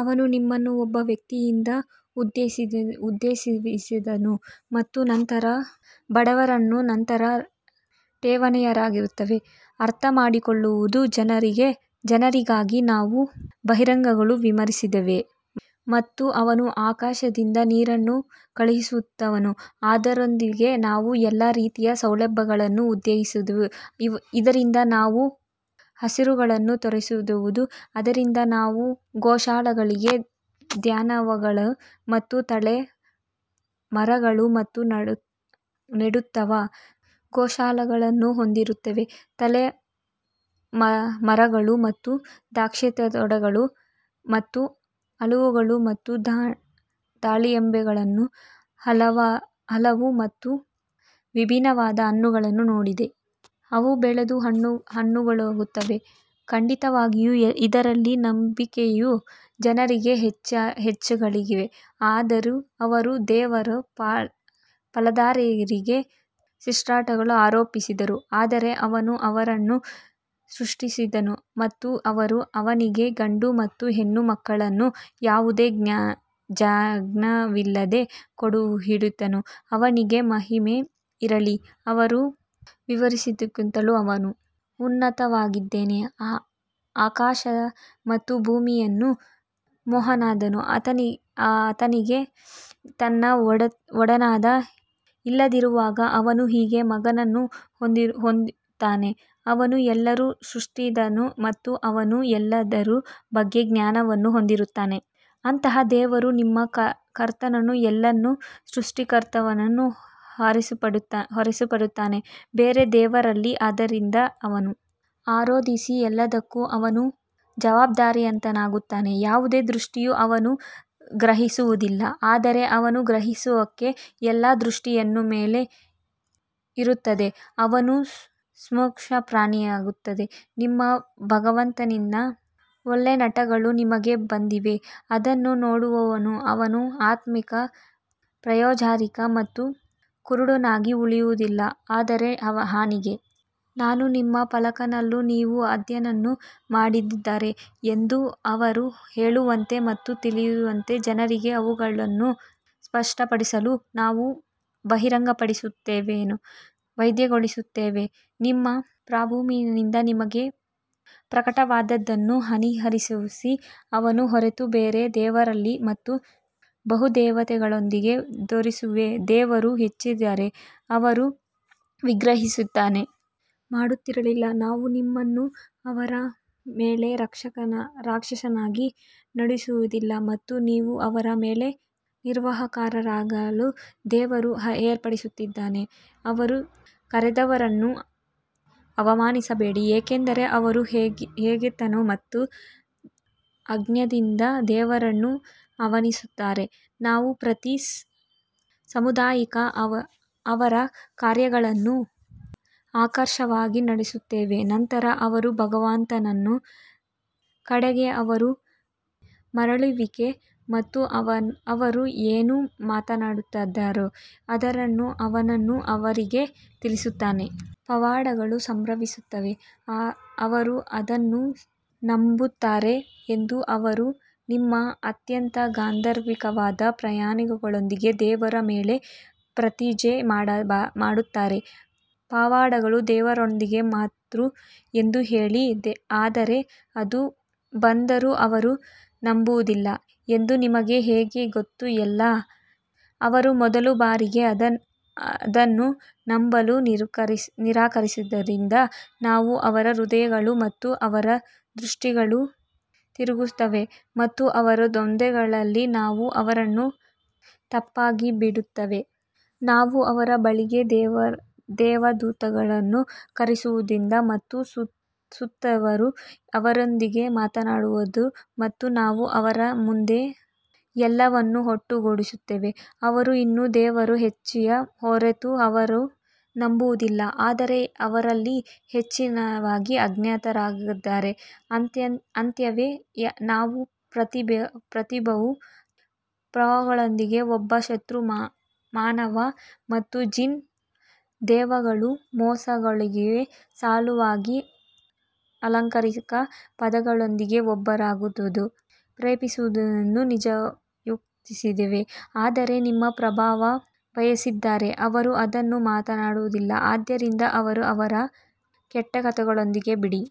ಅವನು ನಿಮ್ಮನ್ನು ಒಬ್ಬ ವ್ಯಕ್ತಿಯಿಂದ ಉತ್ಪಾದಿಸಿದವನು ಮತ್ತು ನಂತರ ಭಂಡಾರವನ್ನು ನಂತರ ಠೇವಣಿಯಾಗಿರುತ್ತೇವೆ, ಅರ್ಥಮಾಡಿಕೊಳ್ಳುವ ಜನರಿಗಾಗಿ ನಾವು ಬಹಿರಂಗಗಳನ್ನು ವಿವರಿಸಿದ್ದೇವೆ. ಮತ್ತು ಅವನು ಆಕಾಶದಿಂದ ನೀರನ್ನು ಕಳುಹಿಸುವವನು ಅದರೊಂದಿಗೆ ನಾವು ಎಲ್ಲಾ ರೀತಿಯ ಸಸ್ಯಗಳನ್ನು ಉತ್ಪಾದಿಸುತ್ತೇವೆ ಇದರಿಂದ ನಾವು ಹಸಿರುಗಳನ್ನು ತರುತ್ತೇವೆ ಇದರಿಂದ ನಾವು ಗೊಂಚಲುಗಳಲ್ಲಿ ಧಾನ್ಯಗಳನ್ನು ಮತ್ತು ತಾಳೆ ಮರಗಳು ಮತ್ತು ನೇತಾಡುವ ಗೊಂಚಲುಗಳನ್ನು ಹೊಂದಿರುವ ತಾಳೆ ಮರಗಳು ಮತ್ತು ದ್ರಾಕ್ಷಿತೋಟಗಳು ಮತ್ತು ಆಲಿವ್ಗಳು ಮತ್ತು ದಾಳಿಂಬೆಗಳನ್ನು ಹೋಲುವ ಮತ್ತು ವಿಭಿನ್ನವಾದ ಹಣ್ಣುಗಳನ್ನು ನೋಡಿ. ಅವು ಬೆಳೆದು ಹಣ್ಣಾಗುತ್ತವೆ ಖಂಡಿತವಾಗಿಯೂ ಇದರಲ್ಲಿ ನಂಬಿಕೆಯುಳ್ಳ ಜನರಿಗೆ ಚಿಹ್ನೆಗಳಿವೆ ಆದರೂ ಅವರು ದೇವರ ಪಾಲುದಾರರಿಗೆ ಸ್ಪ್ರಿಟ್ಗಳನ್ನು ಆರೋಪಿಸಿದರು, ಆದರೆ ಅವನು ಅವರನ್ನು ಸೃಷ್ಟಿಸಿದನು ಮತ್ತು ಅವರು ಅವನಿಗೆ ಗಂಡು ಮತ್ತು ಹೆಣ್ಣುಮಕ್ಕಳನ್ನು ಯಾವುದೇ ಜ್ಞಾನವಿಲ್ಲದೆ ಕಂಡುಹಿಡಿದರು, ಅವನಿಗೆ ಮಹಿಮೆ ಇರಲಿ, ಅವರು ವಿವರಿಸುವುದಕ್ಕಿಂತಲೂ ಅವನು ಉನ್ನತನಾಗಿದ್ದಾನೆ ಆಕಾಶ ಮತ್ತು ಭೂಮಿಯ ಮೂಲನಾದ ಆತನಿಗೆ ತನ್ನ ಒಡನಾಡಿ ಇಲ್ಲದಿರುವಾಗ ಅವನು ಹೇಗೆ ಮಗನನ್ನು ಹೊಂದುತ್ತಾನೆ, ಅವನು ಎಲ್ಲವನ್ನೂ ಸೃಷ್ಟಿಸಿದನು ಮತ್ತು ಅವನು ಎಲ್ಲದರ ಬಗ್ಗೆ ಜ್ಞಾನವನ್ನು ಹೊಂದಿದ್ದಾನೆ ಅಂತಹ ದೇವರು ನಿಮ್ಮ ಕರ್ತನು ಎಲ್ಲದರ ಸೃಷ್ಟಿಕರ್ತನನ್ನು ಹೊರತುಪಡಿಸಿ ಬೇರೆ ದೇವರಿಲ್ಲ ಆದ್ದರಿಂದ ಅವನನ್ನು ಆರಾಧಿಸಿ ಎಲ್ಲದಕ್ಕೂ ಅವನು ಜವಾಬ್ದಾರನಾಗಿರುತ್ತಾನೆ ಯಾವುದೇ ದೃಷ್ಟಿಯು ಅವನನ್ನು ಗ್ರಹಿಸುವುದಿಲ್ಲ ಆದರೆ ಅವನ ಗ್ರಹಿಕೆಯು ಎಲ್ಲಾ ದೃಷ್ಟಿಯ ಮೇಲೆ ಇರುತ್ತದೆ ಅವನು ಸೂಕ್ಷ್ಮ ಪರಿಣಿತ ನಿಮ್ಮ ಭಗವಂತನಿಂದ ಒಳನೋಟಗಳು ನಿಮಗೆ ಬಂದಿವೆ, ಅದನ್ನು ನೋಡುವವನು ಅವನ ಆತ್ಮಕ್ಕೆ ಪ್ರಯೋಜನಕಾರಿ ಮತ್ತು ಕುರುಡನಾಗಿ ಉಳಿದಿರುವವನು ಅದರ ಹಾನಿಗೆ ನಾನು ನಿಮ್ಮ ಪಾಲಕನಲ್ಲ ನೀವು ಅಧ್ಯಯನ ಮಾಡಿದ್ದೀರಿ ಎಂದು ಅವರು ಹೇಳದಂತೆ ಮತ್ತು ತಿಳಿದಿರುವ ಜನರಿಗೆ ಅವುಗಳನ್ನು ಸ್ಪಷ್ಟಪಡಿಸಲು ನಾವು ಬಹಿರಂಗಪಡಿಸುವಿಕೆಯನ್ನು ವೈವಿಧ್ಯಗೊಳಿಸುತ್ತೇವೆ ನಿಮ್ಮ ಪ್ರಭುವಿನಿಂದ ನಿಮಗೆ ಪ್ರಕಟವಾದದ್ದನ್ನು ಅನುಸರಿಸಿ, ಅವನ ಹೊರತು ಬೇರೆ ದೇವರಿಲ್ಲ ಮತ್ತು ಬಹುದೇವತಾವಾದಿಗಳಿಂದ ದೂರವಿರಿ ದೇವರು ಇಚ್ಛಿಸಿದ್ದರೆ ಅವರು ವಿಗ್ರಹಾರಾಧನೆಯನ್ನು ಮಾಡುತ್ತಿರಲಿಲ್ಲ, ನಾವು ನಿಮ್ಮನ್ನು ಅವರ ಮೇಲೆ ರಕ್ಷಕನಾಗಿ ನೇಮಿಸಲಿಲ್ಲ ಮತ್ತು ನೀವು ಅವರ ಮೇಲೆ ನಿರ್ವಾಹಕರಾಗಿಲ್ಲ ದೇವರನ್ನು ಹೊರತುಪಡಿಸಿ ಅವರು ಕರೆದವರನ್ನು ಅವಮಾನಿಸಬೇಡಿ, ಏಕೆಂದರೆ ಅವರು ಹಗೆತನ ಮತ್ತು ಅಜ್ಞಾನದಿಂದ ದೇವರನ್ನು ಅವಮಾನಿಸುತ್ತಾರೆ, ನಾವು ಪ್ರತಿ ಸಮುದಾಯಕ್ಕೂ ಅವರ ಕಾರ್ಯಗಳನ್ನು ಆಕರ್ಷಕವಾಗಿ ಮಾಡಿದ್ದೇವೆ ನಂತರ ಅವರ ಭಗವಂತನ ಕಡೆಗೆ ಅವರ ಮರಳುವಿಕೆ ಮತ್ತು ಅವರು ಏನು ಮಾಡುತ್ತಿದ್ದಾರೋ ಅದನ್ನು ಅವನು ಅವರಿಗೆ ತಿಳಿಸುವನು. ಪವಾಡಗಳು ಸಂಭವಿಸಿದರೆ ಅವರು ಅದನ್ನು ನಂಬುತ್ತಾರೆ ಎಂದು ಅವರು ತಮ್ಮ ಅತ್ಯಂತ ಗಂಭೀರವಾದ ಪ್ರಮಾಣಗಳೊಂದಿಗೆ ದೇವರ ಮೇಲೆ ಪ್ರತಿಜ್ಞೆ ಮಾಡುತ್ತಾರೆ, ಪವಾಡಗಳು ದೇವರೊಂದಿಗೆ ಮಾತ್ರ ಎಂದು ಹೇಳಿ ಆದರೆ ಅದು ಬಂದರೂ ಅವರು ನಂಬುವುದಿಲ್ಲ ಎಂದು ನಿಮಗೆ ಹೇಗೆ ಗೊತ್ತು ಮತ್ತು ಅವರು ಮೊದಲ ಬಾರಿಗೆ ಅದನ್ನು ನಂಬಲು ನಿರಾಕರಿಸಿದ್ದರಿಂದ ನಾವು ಅವರ ಹೃದಯಗಳನ್ನು ಮತ್ತು ಅವರ ದೃಷ್ಟಿಗಳನ್ನು ತಿರುಗಿಸುತ್ತೇವೆ ಮತ್ತು ಅವರ ದಂಗೆಯಲ್ಲಿ ನಾವು ಅವರನ್ನು ತಪ್ಪಾಗಿ ಬಿಡುತ್ತೇವೆ. ನಾವು ಅವರ ಬಳಿಗೆ ದೇವದೂತರನ್ನು ಕಳುಹಿಸಿದರೂ ಮತ್ತು ಸತ್ತವರು ಅವರೊಂದಿಗೆ ಮಾತನಾಡಿದರೂ ಮತ್ತು ನಾವು ಅವರ ಮುಂದೆ ಎಲ್ಲವನ್ನು ಒಟ್ಟುಗೂಡಿಸಿದರೂ ಅವರು ಇನ್ನೂ ದೇವರ ಇಚ್ಛೆಯ ಹೊರತು ಅವರು ನಂಬುವುದಿಲ್ಲ ಆದರೆ ಅವರಲ್ಲಿ ಹೆಚ್ಚಿನವರು ಅಜ್ಞಾನಿಗಳಾಗಿದ್ದಾರೆ. ಅಂತೆಯೇ ನಾವು ಪ್ರತಿಯೊಬ್ಬ ಪ್ರವಾದಿಗಳಿಗೂ ಒಬ್ಬ ಶತ್ರು ಮಾನವ ಮತ್ತು ಜಿನ್ ದೆವ್ವಗಳನ್ನು ಮೋಸಗೊಳಿಸುವ ಸಲುವಾಗಿ ಅಲಂಕಾರಿಕ ಪದಗಳಿಂದ ಒಬ್ಬರಿಗೊಬ್ಬರು ಪ್ರೇರೇಪಿಸುವುದನ್ನು ನಿಯೋಜಿಸಿದ್ದೇವೆ ಆದರೆ ನಿಮ್ಮ ಪ್ರಭುವು ಬಯಸಿದ್ದರೆ ಅವರು ಅದನ್ನು ಮಾಡುತ್ತಿರಲಿಲ್ಲ ಆದ್ದರಿಂದ ಅವರನ್ನು ಅವರ ಕಟ್ಟುಕಥೆಗಳಿಗೆ ಬಿಡಿ.